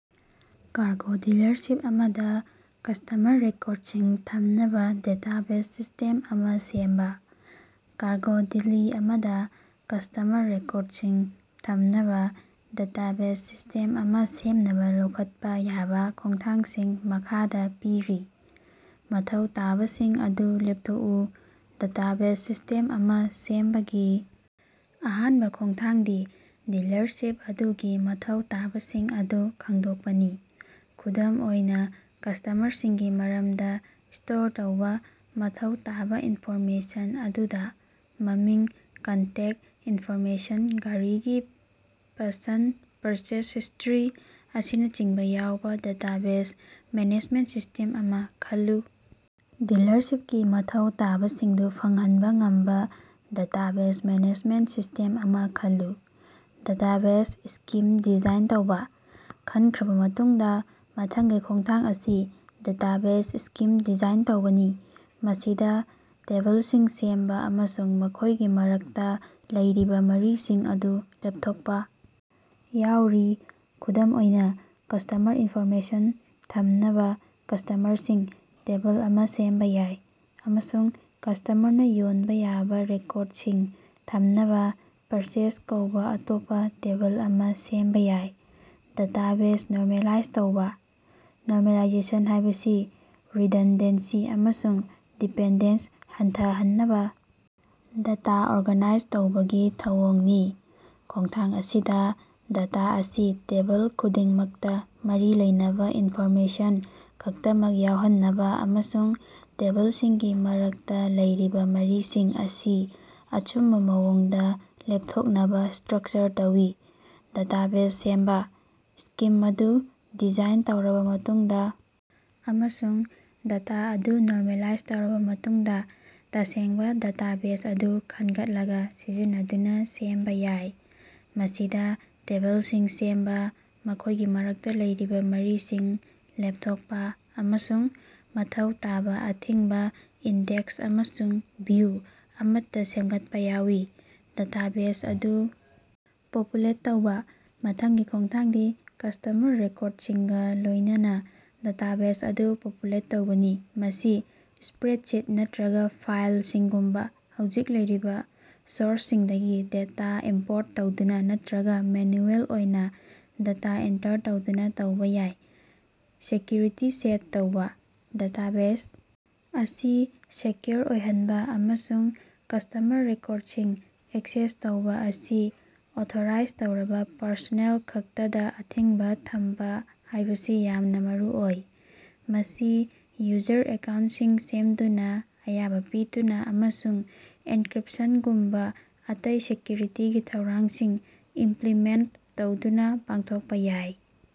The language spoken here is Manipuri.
ꯀꯥꯔꯒꯣ ꯗꯤꯂꯔꯁꯤꯞ ꯑꯃꯗ ꯀꯁꯇꯃꯔ ꯔꯦꯀꯣꯔꯗꯁꯤꯡ ꯊꯝꯅꯕ ꯗꯦꯇꯥꯕꯦꯖ ꯁꯤꯁꯇꯦꯝ ꯑꯃ ꯁꯦꯝꯕ꯫ ꯀꯥꯔꯒꯣ ꯗꯤꯜꯂꯤ ꯑꯃꯗ ꯀꯁꯇꯃꯔ ꯔꯦꯀꯣꯔꯗꯁꯤꯡ ꯊꯝꯅꯕ ꯗꯦꯇꯥꯕꯦꯖ ꯁꯤꯁ꯭ꯇꯦꯝ ꯑꯃ ꯁꯦꯝꯅꯕ ꯂꯧꯈꯠꯄ ꯌꯥꯕ ꯈꯣꯡꯊꯥꯡꯁꯤꯡ ꯃꯈꯥꯗ ꯄꯤꯔꯤ: ꯃꯊꯧ ꯇꯥꯕꯁꯤꯡ ꯑꯗꯨ ꯂꯦꯞꯊꯣꯛꯎ: ꯗꯦꯇꯥꯕꯦꯖ ꯁꯤꯁꯇꯦꯝ ꯑꯃ ꯁꯦꯝꯕꯒꯤ ꯑꯍꯥꯟꯕ ꯈꯣꯡꯊꯥꯡꯗꯤ ꯗꯤꯂꯔꯁꯤꯞ ꯑꯗꯨꯒꯤ ꯃꯊꯧ ꯇꯥꯕꯁꯤꯡ ꯑꯗꯨ ꯈꯪꯗꯣꯛꯄꯅꯤ꯫ ꯈꯨꯗꯝ ꯑꯣꯏꯅꯥꯡ, ꯀꯁꯇꯃꯔꯁꯤꯡꯒꯤ ꯃꯔꯝꯗ ꯁ꯭ꯇꯣꯔ ꯇꯧꯕ ꯃꯊꯧ ꯇꯥꯕ ꯏꯟꯐꯣꯔꯃꯦꯁꯟ ꯑꯗꯨꯗ ꯃꯃꯤꯡ, ꯀꯟꯇꯦꯛꯇ ꯏꯟꯐꯣꯔꯃꯦꯁꯟ, ꯒꯥꯔꯤꯒꯤ ꯄꯁꯟꯗ, ꯄꯔꯆꯦꯖ ꯍꯤꯁꯇꯔꯤ, ꯑꯁꯤꯅꯆꯤꯡꯕ ꯌꯥꯎꯕ ꯌꯥꯏ꯫ ꯗꯦꯇꯥꯕꯦꯖ ꯃꯦꯅꯦꯖꯃꯦꯟꯇ ꯁꯤꯁꯇꯦꯝ ꯑꯃ ꯈꯜꯂꯨ: ꯗꯤꯂꯔꯁꯤꯞꯀꯤ ꯃꯊꯧ ꯇꯥꯕꯁꯤꯡꯗꯨ ꯐꯪꯍꯟꯕ ꯉꯝꯕ ꯗꯦꯇꯥꯕꯦꯖ ꯃꯦꯅꯦꯖꯃꯦꯟꯇ ꯁꯤꯁꯇꯦꯝ ꯑꯃ ꯈꯜꯂꯨ꯫ ꯗꯦꯇꯥꯕꯦꯖ ꯁ꯭ꯀꯤꯝ ꯗꯤꯖꯥꯏꯟ ꯇꯧꯕ: ꯈꯟꯈ꯭ꯔꯕ ꯃꯇꯨꯡꯗ ꯃꯊꯪꯒꯤ ꯈꯣꯡꯊꯥꯡ ꯑꯁꯤ ꯗꯦꯇꯥꯕꯦꯖ ꯁ꯭ꯀꯤꯝ ꯗꯤꯖꯥꯏꯟ ꯇꯧꯕꯅꯤ꯫ ꯃꯁꯤꯗ ꯇꯦꯕꯜꯁꯤꯡ ꯁꯦꯝꯕ ꯑꯃꯁꯨꯡ ꯃꯈꯣꯏꯒꯤ ꯃꯔꯛꯇ ꯂꯩꯔꯤꯕ ꯃꯔꯤꯁꯤꯡ ꯑꯗꯨ ꯂꯦꯞꯊꯣꯛꯄ ꯌꯥꯎꯔꯤ꯫ ꯈꯨꯗꯝ ꯑꯣꯏꯅ, ꯀꯁꯇꯃꯔ ꯏꯟꯐꯣꯔꯃꯦꯁꯟ ꯊꯝꯅꯕ ꯀꯁꯇꯃꯔꯁꯤꯡ ꯇꯦꯕꯜ ꯑꯃ ꯁꯦꯝꯕ ꯌꯥꯏ, ꯑꯃꯁꯨꯡ ꯀꯁꯇꯃꯔꯅ ꯌꯣꯟꯕ ꯌꯥꯕ ꯔꯦꯀꯣꯔꯗꯁꯤꯡ ꯊꯝꯅꯕ ꯄꯔꯆꯦꯖ ꯀꯧꯕ ꯑꯇꯣꯞꯄ ꯇꯦꯕꯜ ꯑꯃ ꯁꯦꯝꯕ ꯌꯥꯏ꯫ ꯗꯥꯇꯥꯕꯦꯖ ꯅꯣꯔꯃꯦꯂꯥꯏꯖ ꯇꯧꯕ: ꯅꯣꯔꯃꯦꯂꯥꯏꯖꯦꯁꯟ ꯍꯥꯏꯕꯁꯤ ꯔꯤꯗꯟꯗꯦꯟꯁꯤ ꯑꯃꯁꯨꯡ ꯗꯤꯄꯦꯟꯗꯦꯟꯁ ꯍꯟꯊꯍꯟꯅꯕ ꯗꯦꯇꯥ ꯑꯣꯔꯒꯅꯥꯏꯖ ꯇꯧꯕꯒꯤ ꯊꯧꯑꯣꯡꯅꯤ꯫ ꯈꯣꯡꯊꯥꯡ ꯑꯁꯤꯗꯥ, ꯗꯦꯇꯥ ꯑꯁꯤ ꯇꯦꯕꯜ ꯈꯨꯗꯤꯡꯃꯛꯇꯥ ꯃꯔꯤ ꯂꯩꯅꯕ ꯏꯟꯐꯣꯔꯃꯦꯁꯟ ꯈꯛꯇꯃꯛ ꯌꯥꯎꯍꯟꯅꯕ ꯑꯃꯁꯨꯡ ꯇꯦꯕꯜꯁꯤꯡꯒꯤ ꯃꯔꯛꯇ ꯂꯩꯔꯤꯕ ꯃꯔꯤꯁꯤꯡ ꯑꯁꯤ ꯑꯆꯨꯝꯕ ꯃꯑꯣꯡꯗ ꯂꯦꯞꯊꯣꯛꯅꯕ ꯁ꯭ꯇꯔꯛꯆꯔ ꯇꯧꯏ꯫ ꯗꯦꯇꯥꯕꯦꯖ ꯁꯦꯝꯕ: ꯁ꯭ꯀꯤꯝ ꯑꯗꯨ ꯗꯤꯖꯥꯏꯟ ꯇꯧꯔꯕ ꯃꯇꯨꯡꯗ ꯑꯃꯁꯨꯡ ꯗꯦꯇꯥ ꯑꯗꯨ ꯅꯣꯔꯃꯦꯂꯥꯏꯖ ꯇꯧꯔꯕ ꯃꯇꯨꯡꯗ, ꯇꯁꯦꯡꯕ ꯗꯦꯇꯥꯕꯦꯖ ꯑꯗꯨ ꯈꯟꯒꯠꯂꯒ ꯁꯤꯖꯤꯟꯅꯗꯨꯅ ꯁꯦꯝꯕ ꯌꯥꯏ꯫ ꯃꯁꯤꯗ ꯇꯦꯕꯜꯁꯤꯡ ꯁꯦꯝꯕ, ꯃꯈꯣꯏꯒꯤ ꯃꯔꯛꯇ ꯂꯩꯔꯤꯕ ꯃꯔꯤꯁꯤꯡ ꯂꯦꯞꯊꯣꯛꯄ, ꯑꯃꯁꯨꯡ ꯃꯊꯧ ꯇꯥꯕ ꯑꯊꯤꯡꯕ ꯏꯟꯗꯦꯛꯁ ꯑꯃꯁꯨꯡ ꯚꯤꯎ ꯑꯃꯠꯇ ꯁꯦꯝꯒꯠꯄ ꯌꯥꯎꯏ꯫ ꯗꯦꯇꯥꯕꯦꯖ ꯑꯗꯨ ꯄꯣꯄꯨꯂꯦꯠ ꯇꯧꯕ: ꯃꯊꯪꯒꯤ ꯈꯣꯡꯊꯥꯡꯗꯤ ꯀꯁꯇꯃꯔ ꯔꯦꯀꯣꯔꯗꯁꯤꯡꯒꯥ ꯂꯣꯌꯅꯅꯥ ꯗꯦꯇꯥꯕꯦꯖ ꯑꯗꯨ ꯄꯣꯄꯨꯂꯦꯠ ꯇꯧꯕꯅꯤ꯫ ꯃꯁꯤ ꯁ꯭ꯄꯔꯦꯗꯁꯤꯠ ꯅꯠꯇ꯭ꯔꯒ ꯐꯥꯏꯜꯁꯤꯡꯒꯨꯝꯕ ꯍꯧꯖꯤꯛ ꯂꯩꯔꯤꯕ ꯁꯣꯔꯁꯁꯤꯡꯗꯒꯤ ꯗꯦꯇꯥ ꯏꯝꯄꯣꯔꯠ ꯇꯧꯗꯨꯅ ꯅꯠꯇ꯭ꯔꯒ ꯃꯦꯅꯨꯑꯦꯜ ꯑꯣꯏꯅ ꯗꯦꯇꯥ ꯑꯦꯟꯇꯔ ꯇꯧꯗꯨꯅ ꯇꯧꯕ ꯌꯥꯏ꯫ ꯁꯦꯀ꯭ꯌꯨꯔꯤꯇꯤ ꯁꯦꯠ ꯇꯧꯕ: ꯗꯦꯇꯥꯕꯦꯖ ꯑꯁꯤ ꯁꯦꯀ꯭ꯌꯨꯑꯣꯔ ꯑꯣꯏꯍꯟꯕ ꯑꯃꯁꯨꯡ ꯀꯁꯇꯃꯔ ꯔꯦꯀꯣꯔꯗꯁꯤꯡ ꯑꯦꯛꯁꯦꯁ ꯇꯧꯕ ꯑꯁꯤ ꯑꯣꯊꯣꯔꯥꯏꯖ ꯇꯧꯔꯕ ꯄꯔꯁꯣꯅꯦꯜ ꯈꯛꯇꯗ ꯑꯊꯤꯡꯕ ꯊꯝꯕ ꯍꯥꯏꯕꯁꯤ ꯌꯥꯝꯅ ꯃꯔꯨꯑꯣꯏ꯫ ꯃꯁꯤ ꯌꯨꯖꯔ ꯑꯦꯀꯥꯎꯟꯇꯁꯤꯡ ꯁꯦꯝꯗꯨꯅ, ꯑꯌꯥꯕ ꯄꯤꯗꯨꯅ, ꯑꯃꯁꯨꯡ ꯑꯦꯟꯀ꯭ꯔꯤꯞꯁꯟꯒꯨꯝꯕ ꯑꯇꯩ ꯁꯦꯀ꯭ꯌꯨꯔꯤꯇꯤꯒꯤ ꯊꯧꯔꯥꯡꯁꯤꯡ ꯏꯝꯄ꯭ꯂꯤꯃꯦꯟꯇ ꯇꯧꯗꯨꯅ ꯄꯥꯡꯊꯣꯛꯄ ꯌꯥꯏ꯫